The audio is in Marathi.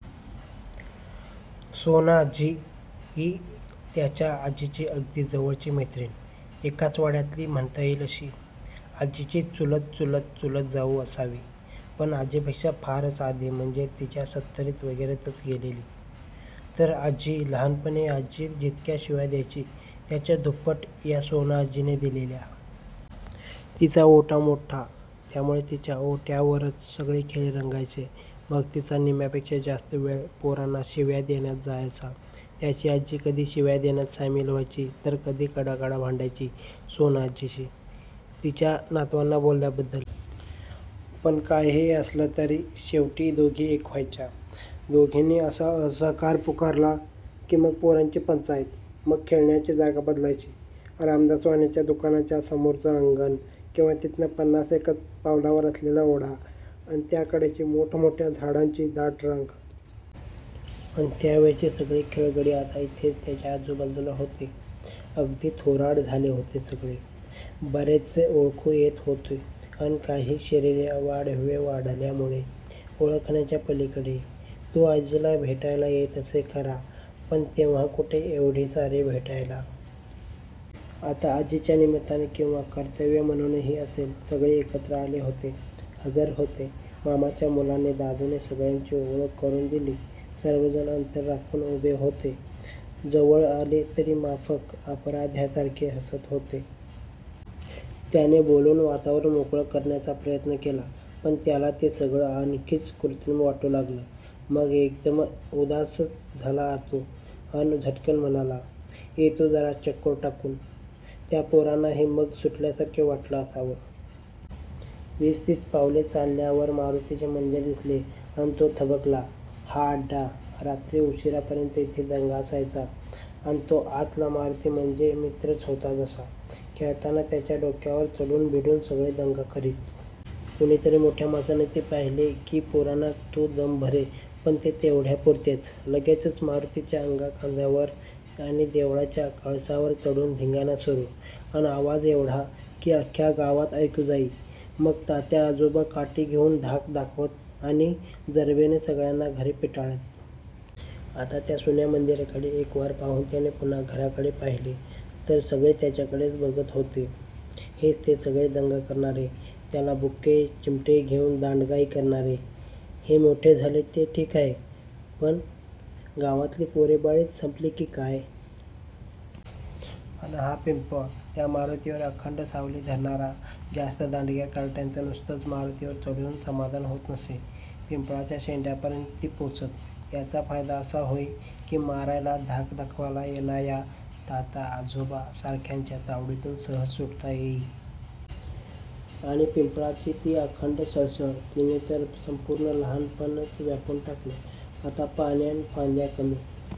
सोनाआजी ही त्याच्या आजीची अगदी जवळची मैत्रीण. एकाच वाड्यातली म्हणता येइल अशी. आजीची चुलत-चुलत-चुलत जाऊ असावी. पण आजीपेक्षा फारच आधी म्हणजे तिच्या सत्तरीत वगैरेतच गेलेली. तर आजी लहाणपणी आजी जितक्या शिव्या द्यायची, त्याच्या दुप्पट या सोनाआज्जीने दिलेल्या. तिचा ओटा मोठा, त्यामूळे तिच्या ओट्यावरच सगळे खेळ रंगायचे. मग तिचा निम्म्यापेक्षा जास्त वेळ पोरांना शिव्या देण्यात जायचा. त्याची आजी कधी शिव्या देण्यात सामील व्हायची, तर कधी कडाकडा भांडायची सोनाआजीशी. तिच्या नातवांना बोलल्याबद्दल. पण काहीही असलं, तरी शेवटी दोघी एक व्हायच्या. दोघींनी असा असहकार पुकारला, की मग पोरांची पंचाईत. मग खेळण्याची जागा बदलायची. रामदास वाण्याच्य़ा दुकानाच्या समोरचं अंगण, किंवा तिथनं पन्नासेकच पावलांवर असलेला ओढा अन त्याकडेची मोठमोठ्या झाडांची दाट रांग. अन त्यावेळचे सगळे खेळगडी आता इथेच त्याच्या आजूबाजूला होते. अगदी थोराड झाले होते सगळे. बरेचसे ओळखू येत होते, अन काही शरीरे अवाढव्य वाढल्यामूळे ओळखण्याच्या पलीकडे. तो आजीला भेटायला येत असे खरा, पण तेव्हा कुठे एवढे सारे भेटायला. आता आजीच्या निमित्ताने किंवा कर्तव्य म्हणूनही असेल, सगळे एकत्र आले होते, हजर होते. मामाच्या मुलाने, दादूने सगळ्यांची ओळख करून दिली. सर्व जण अंतर राखून उभे होते. जवळ आले, तरी माफक, अपराध्यासारखे हसत होते. त्याने बोलून वातावरण मोकळं करण्याचा प्रयत्न केला, पण त्याला ते सगळं आणखीच कृत्रिम वाटू लागलं. मग एकदम उदासच झाला तो, अन झटकन म्हणाला, येतो जरा चक्कर टाकून. त्या पोरांनाही मग जरा सुटल्यासारखे वाटलं असावं! वीस तीस पावले चालल्यावर मारूतीचे मंदीर दिसले अन तो थबकला. हा अड्डा. रात्री उशीरापर्यंत इथे दंगा असायचा. अन तो आतला मारूती म्हणजे मित्रच होता जसा. खेळताना त्याच्या डोक्यावर चढून बिढून सगळे दंगा करीत. कुणीतरी मोठ्या माणसाने ते पाहिले, की पोरांना तो दम भरे, पण ते तेवढ्यापूरतेच. लगेचच मारूतीच्या अंगाखांद्यावर आणि देवळाच्या कळसावर चढून धिंगाणा सुरू. अन आवाज एवढा, की अख्ख्या गावात ऐकू जाई. मग तात्याआजोबा काठी घेऊन धाक दाखवत आणि जरबेने सगळ्यांना घरी पिटाळत. आता त्या सुन्या मंदीराकडे एकवार पाहून त्याने पुन्हा घराकडे पाहिले, तर सगळे त्याच्याकडेच बघत होते. हेच ते सगळे दंगा करणारे, त्याला बुक्के, चिमटे घेऊन दांडगाई करणारे. हे मोठे झाले, ते ठीक आहे, पण गावातली पोरेबाळेच संपली की काय? अन हा पिंपळ. त्या मारूतीवर अखंड सावली धरणारा. जास्त दांडग्या कार्ट्यांचं नुसतंच मारूतीवर चढून समाधान होत नसे. पिंपळाच्या शेंड्यापर्यंत ती पोचत. याचा फायदा असा होई, की मारायला, धाक दाखवायला येणाया तात्याआजोबा सारख्यांच्या तावडीतून सहज सुटता येई. आणि पिंपळाची ती अखंड सळसळ. तिने तर संपूर्ण लहाणपणच व्यापून टाकलं. आता पाने अन फांद्या कमी--